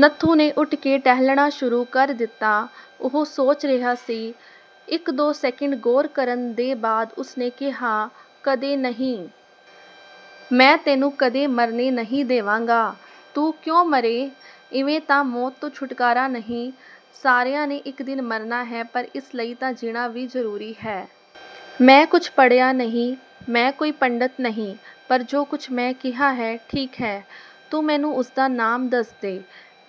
ਨੱਥੂ ਨੇ ਉਠ ਕੇ ਟਹਿਲਣਾ ਸ਼ੁਰੂ ਕਰ ਦਿੱਤਾ। ਉਹ ਸੋਚ ਰਿਹਾ ਸੀ। ਇੱਕ-ਦੋ ਸੈਕਿੰਡ ਗ਼ੌਰ ਕਰਨ ਦੇ ਬਾਅਦ ਉਸਨੇ ਕਿਹਾ, "ਕਦੇ ਨਹੀਂ, ਮੈਂ ਤੈਨੂੰ ਕਦੇ ਮਰਨੇ ਨਹੀਂ ਦੇਵਾਂਗਾ, ਤੂੰ ਕਿਉਂ ਮਰੇਂ। ਇਵੇਂ ਤਾਂ ਮੌਤ ਤੋਂ ਛੁਟਕਾਰਾ ਨਹੀਂ, ਸਾਰਿਆਂ ਨੇ ਇੱਕ ਦਿਨ ਮਰਨਾ ਹੈ ਪਰ ਇਸ ਲਈ ਤਾਂ ਜੀਣਾ ਵੀ ਜ਼ਰੂਰੀ ਹੈ। ਮੈਂ ਕੁੱਝ ਪੜ੍ਹਿਆ ਨਹੀਂ, ਮੈਂ ਕੋਈ ਪੰਡਤ ਨਹੀਂ, ਪਰ ਜੋ ਕੁੱਝ ਮੈਂ ਕਿਹਾ ਹੈ ਠੀਕ ਹੈ, ਤੂੰ ਮੈਨੂੰ ਉਸਦਾ ਨਾਮ ਦੱਸ ਦੇ।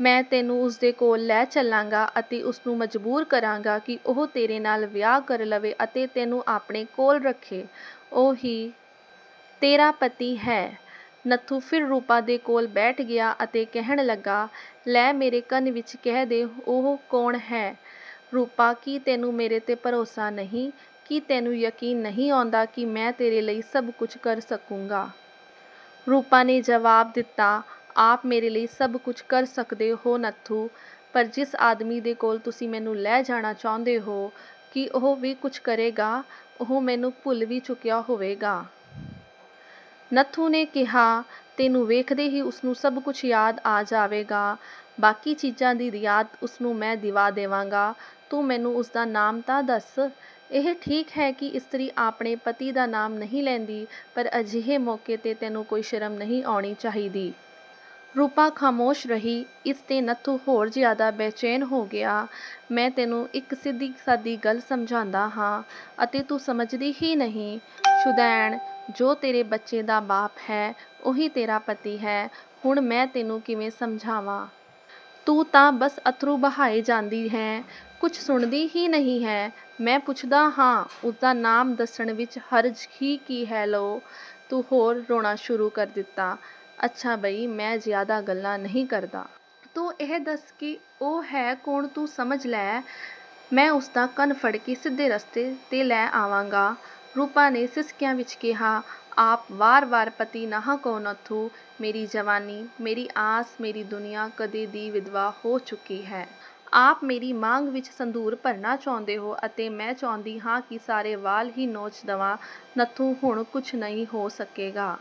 ਮੈਂ ਤੈਨੂੰ ਉਸਦੇ ਕੋਲ ਲੈ ਚਲਾਂਗਾ ਅਤੇ ਉਸਨੂੰ ਮਜਬੂਰ ਕਰਾਂਗਾ ਕਿ ਉਹ ਤੇਰੇ ਨਾਲ਼ ਵਿਆਹ ਕਰ ਲਵੇ ਅਤੇ ਤੈਨੂੰ ਆਪਣੇ ਕੋਲ ਰੱਖੇ। ਓਹੀ ਤੇਰਾ ਪਤੀ ਹੈ।" ਨੱਥੂ ਫਿਰ ਰੂਪਾ ਦੇ ਕੋਲ ਬੈਠ ਗਿਆ ਅਤੇ ਕਹਿਣ ਲੱਗਾ, "ਲੈ ਮੇਰੇ ਕੰਨ ਵਿੱਚ ਕਹਿ ਦੇ ਉਹ ਕੌਣ ਹੈ? ਰੂਪਾ ਕੀ ਤੈਨੂੰ ਮੇਰੇ 'ਤੇ ਭਰੋਸਾ ਨਹੀਂ, ਕੀ ਤੈਨੂੰ ਯਕੀਨ ਨਹੀਂ ਆਉਂਦਾ ਕਿ ਮੈਂ ਤੇਰੇ ਲਈ ਕੁੱਝ ਕਰ ਸਕੂੰਗਾ।" ਰੂਪਾ ਨੇ ਜਵਾਬ ਦਿੱਤਾ, "ਆਪ ਮੇਰੇ ਲਈ ਸਭ ਕੁੱਝ ਕਰ ਸਕਦੇ ਹੋ ਨੱਥੂ, ਪਰ ਜਿਸ ਆਦਮੀ ਦੇ ਕੋਲ ਤੁਸੀਂ ਮੈਨੂੰ ਲੈ ਜਾਣਾ ਚਾਹੁੰਦੇ ਹੋ, ਕੀ ਉਹ ਵੀ ਕੁੱਝ ਕਰੇਗਾ? ਉਹ ਮੈਨੂੰ ਭੁੱਲ ਵੀ ਚੁੱਕਿਆ ਹੋਵੇਗਾ।" ਨੱਥੂ ਨੇ ਕਿਹਾ, "ਤੈਨੂੰ ਵੇਖਦੇ ਹੀ ਉਸਨੂੰ ਸਭ ਕੁੱਝ ਯਾਦ ਆ ਜਾਵੇਗਾ। ਬਾਕੀ ਚੀਜ਼ਾਂ ਦੀ ਯਾਦ ਉਸਨੂੰ ਮੈਂ ਦਿਵਾ ਦੇਵਾਂਗਾ, ਤੂੰ ਮੈਨੂੰ ਉਸਦਾ ਨਾਮ ਤਾਂ ਦੱਸ। ਇਹ ਠੀਕ ਹੈ ਕਿ ਇਸਤਰੀ ਆਪਣੇ ਪਤੀ ਦਾ ਨਾਮ ਨਹੀਂ ਲੈਂਦੀ ਪਰ ਅਜਿਹੇ ਮੌਕੇ 'ਤੇ ਤੈਨੂੰ ਕੋਈ ਸ਼ਰਮ ਨਹੀਂ ਆਉਣੀ ਚਾਹੀਦੀ।" ਰੂਪਾ ਖ਼ਾਮੋਸ਼ ਰਹੀ, ਇਸ 'ਤੇ ਨੱਥੂ ਹੋਰ ਜ਼ਿਆਦਾ ਬੇਚੈਨ ਹੋ ਗਿਆ, "ਮੈਂ ਤੈਨੂੰ ਇੱਕ ਸਿੱਧੀ-ਸਾਦੀ ਗੱਲ ਸਮਝਾਂਦਾ ਹਾਂ ਅਤੇ ਤੂੰ ਸਮਝਦੀ ਹੀ ਨਹੀਂ, ਸ਼ੁਦਾਇਣ, ਜੋ ਤੇਰੇ ਬੱਚੇ ਦਾ ਬਾਪ ਹੈ ਉਹੀ ਤੇਰਾ ਪਤੀ ਹੈ, ਹੁਣ ਮੈਂ ਤੈਨੂੰ ਕਿਵੇਂ ਸਮਝਾਵਾਂ? ਤੂੰ ਤਾਂ ਬਸ ਅੱਥਰੂ ਬਹਾਏ ਜਾਂਦੀ ਹੈਂ, ਕੁੱਝ ਸੁਣਦੀ ਹੀ ਨਹੀਂ ਹੈਂ, ਮੈਂ ਪੁੱਛਦਾ ਹਾਂ, ਉਸਦਾ ਨਾਮ ਦੱਸਣ ਵਿੱਚ ਹਰਜ ਹੀ ਕੀ ਹੈ ਲਓ, ਤੂੰ ਹੋਰ ਰੋਣਾ ਸ਼ੁਰੂ ਕਰ ਦਿੱਤਾ। ਅੱਛਾ ਭਈ ਮੈਂ ਜ਼ਿਆਦਾ ਗੱਲਾਂ ਨਹੀਂ ਕਰਦਾ। ਤੂੰ ਇਹ ਦੱਸ ਕਿ ਉਹ ਹੈ ਕੌਣ ਤੂੰ ਸਮਝ ਲੈ। ਮੈਂ ਉਸਦਾ ਕੰਨ ਫੜ ਕੇ ਸਿੱਧੇ ਰਸਤੇ 'ਤੇ ਲੈ ਆਵਾਂਗਾ।" ਰੂਪਾ ਨੇ ਸਿਸਕੀਆਂ ਵਿੱਚ ਕਿਹਾ, "ਆਪ ਵਾਰ-ਵਾਰ ਪਤੀ ਨਾ ਕਹੋ ਨੱਥੂ, ਮੇਰੀ ਜਵਾਨੀ, ਮੇਰੀ ਆਸ, ਮੇਰੀ ਦੁਨੀਆ, ਕਦੇ ਦੀ ਵਿਧਵਾ ਹੋ ਚੁੱਕੀ ਹੈ। ਆਪ ਮੇਰੀ ਮਾਂਗ ਵਿੱਚ ਸੰਧੂਰ ਭਰਨਾ ਚਾਹੁੰਦੇ ਹੋ ਅਤੇ ਮੈਂ ਚਾਹੁੰਦੀ ਹਾਂ ਕਿ ਸਾਰੇ ਵਾਲ਼ ਹੀ ਨੋਚ ਦਵਾਂ ਨੱਥੂ ਹੁਣ ਕੁੱਝ ਨਹੀਂ ਹੋ ਸਕੇਗਾ।